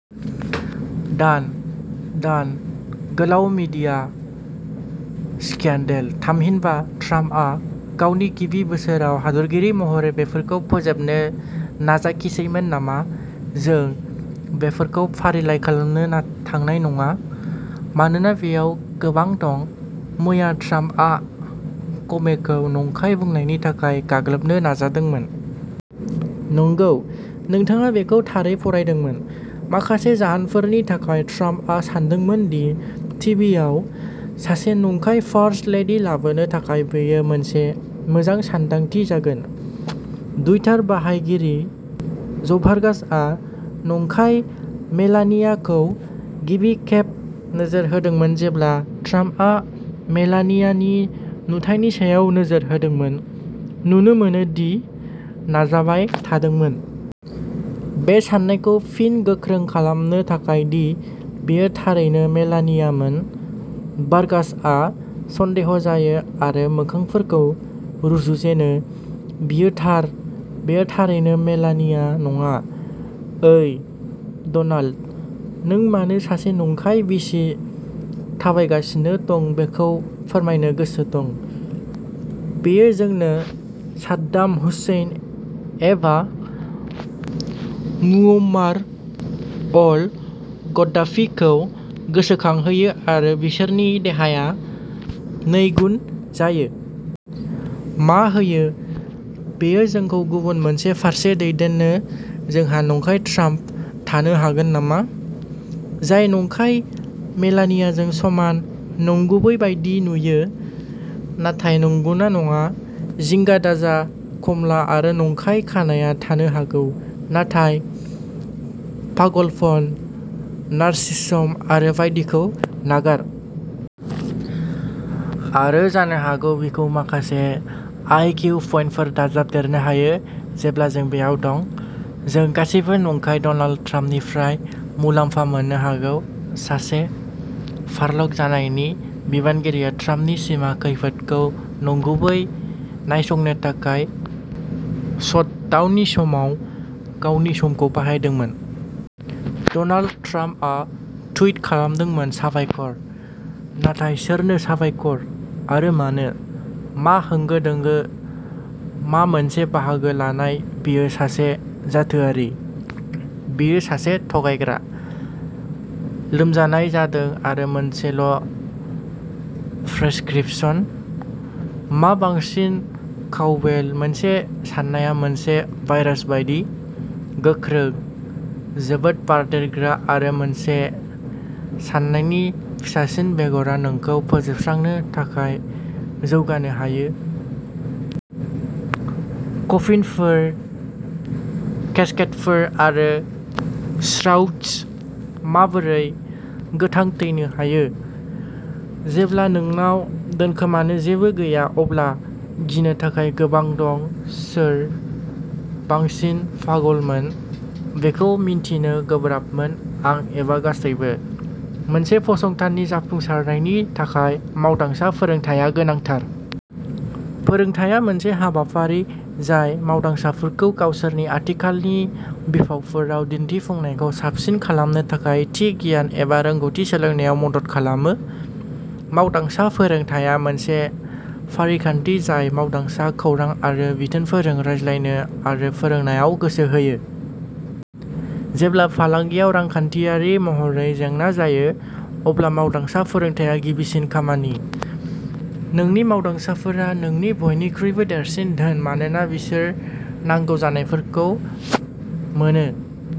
दान-दान गोलाव media scandal. थामहिनबा, ट्राम्पआ गावनि गिबि बोसोराव हादरगिरि महरै बेफोरखौ फोजोबनो नाजाखिसैमोन नामा। जों बेफोरखौ फारिलाइ खालामनो थांनाय नङा, मानोना बेयाव गोबां दं। मैया ट्राम्पआ कमेखौ नंखाय बुंनायनि थाखाय गाग्लोबनो नाजादोंमोन। नंगौ, नोंथाङा बेखौ थारै फरायदोंमोन। माखासे जाहोनफोरनि थाखाय, ट्राम्पआ सानदोंमोन दि टिभिआव सासे नंखाय फार्स्ट लेडि लाबोनो थाखाय बेयो मोनसे मोजां सानदांथि जागोन। डुइटार बाहायगिरि ज'भार्गासआ नंखाय मेलानियाखौ गिबि खेब नोजोर होदोंमोन जेब्ला ट्राम्पआ मेलानियानि नुथायनि सायाव नोजोर होदोंमोन, नुनो मोनो दि नाजाबाय थादोंमोन। बे साननायखौ फिन गोख्रों खालामनो थाखाय दि बेयो थारैनो मेलानियामोन। भार्गासआ सन्देह' जायो आरो मोखांफोरखौ रुजुजेनो। बियो थार। बेयो थारैनो मेलानिया नङा। ओइ, डनाल्ड, नों मानो सासे नंखाय बिसि थाबायगासिनो दं बेखौ फोरमायनो गोसो दं, बेयो जोंनो साद्दाम हुसैन एबा मुअम्मार अल-गद्दाफीखौ गोसोखांहोयो आरो बिसोरनि देहाया नैगुन जायो। मा होयो, बेयो जोंखौ गुबुन मोनसे फारसे दैदेनो जोंहा नंखाय ट्राम्प थानो हागोन नामा? जाय नंखाय मेलानियाजों समान, नंगुबै बायदि नुयो, नाथाय नंगौना नङा? जिंगा दाजा, कमला आरो नंखाय खानाया थानो हागौ, नाथाय पागलपन, नारसिसम आरो बायदिखौ नागार। आरो जानो हागौ बिखौ माखासे आइ किउ पइन्टफोर दाजाबदेरनो हायो, जेब्ला जों बेयाव दं। जों गासैबो नंखाय डनाल्ड ट्राम्पनिफ्राय मुलाम्फा मोननो हागौ। सासे फार्ल'ग जानाय बिगियानगिरिया ट्राम्पनि सिमा खैफोद खौ नंगुबै नायसंनो थाखाय शटडाउननि समाव गावनि समखौ बाहायदोंमोन। डनाल्ड ट्राम्पआ टुइट खालामदोंमोन साबायखर। नाथाय सोरनो साबायखर? आरो मानो? मा होंगो दोंगो, मा मोनसे बाहागो लानाय बियो सासे जाथोआरि। बियो सासे थगायग्रा। लोमजानाय जादों आरो मोनसेल' प्रेसक्रिप्शन। मा बांसिन काउबेल मोनसे साननाया मोनसे भाइरास बायदि, गोख्रों, जोबोद बारदेरग्रा आरो मोनसे साननायनि फिसासिन बेगरआ नोंखौ फोजोबस्रांनो थाखाय जौगानो हायो। कफिनफोर, केस्केटफोर आरो श्राउडस माबोरै' गोथां थैनो हायो। जेब्ला नोंनाव दोनखोमानो जेबो गैया अब्ला गिनो थाखाय गोबां दं सोर बांसिन पागलमोन बेखौ मिन्थिनो गोब्राबमोन आं एबा गासैबो। मोनसे फसंथाननि जाफुंसारनायनि थाखाय मावदांसा फोरोंथाया गोनांथार। फोरोंथाया मोनसे हाबाफारि जाय मावदांसाफोरखौ गावसोरनि आथिखालनि बिफावफोराव दिन्थिफुंनायखौ साबसिन खालामनो थाखाय थि गियान एबा रोंग'थि सोलोंनायाव मदद खालामो। मावदांसा फोरोंथाया मोनसे फारिखान्थि जाय मावदांसा खौरां आरो बिथोनफोरजों रायज्लायनो आरो फोरोंनायाव गोसो होयो। जेब्ला फालांगियाव रांखान्थियारि महरै जेंना जायो, अब्ला मावदांसा फोरोंथाया गिबिसिन खामानि। नोंनि मावदांसाफोरा नोंनि बयनिख्रुइबो देरसिन धोन मानोना बिसोर नांगौ जानायफोरखौ मोनो।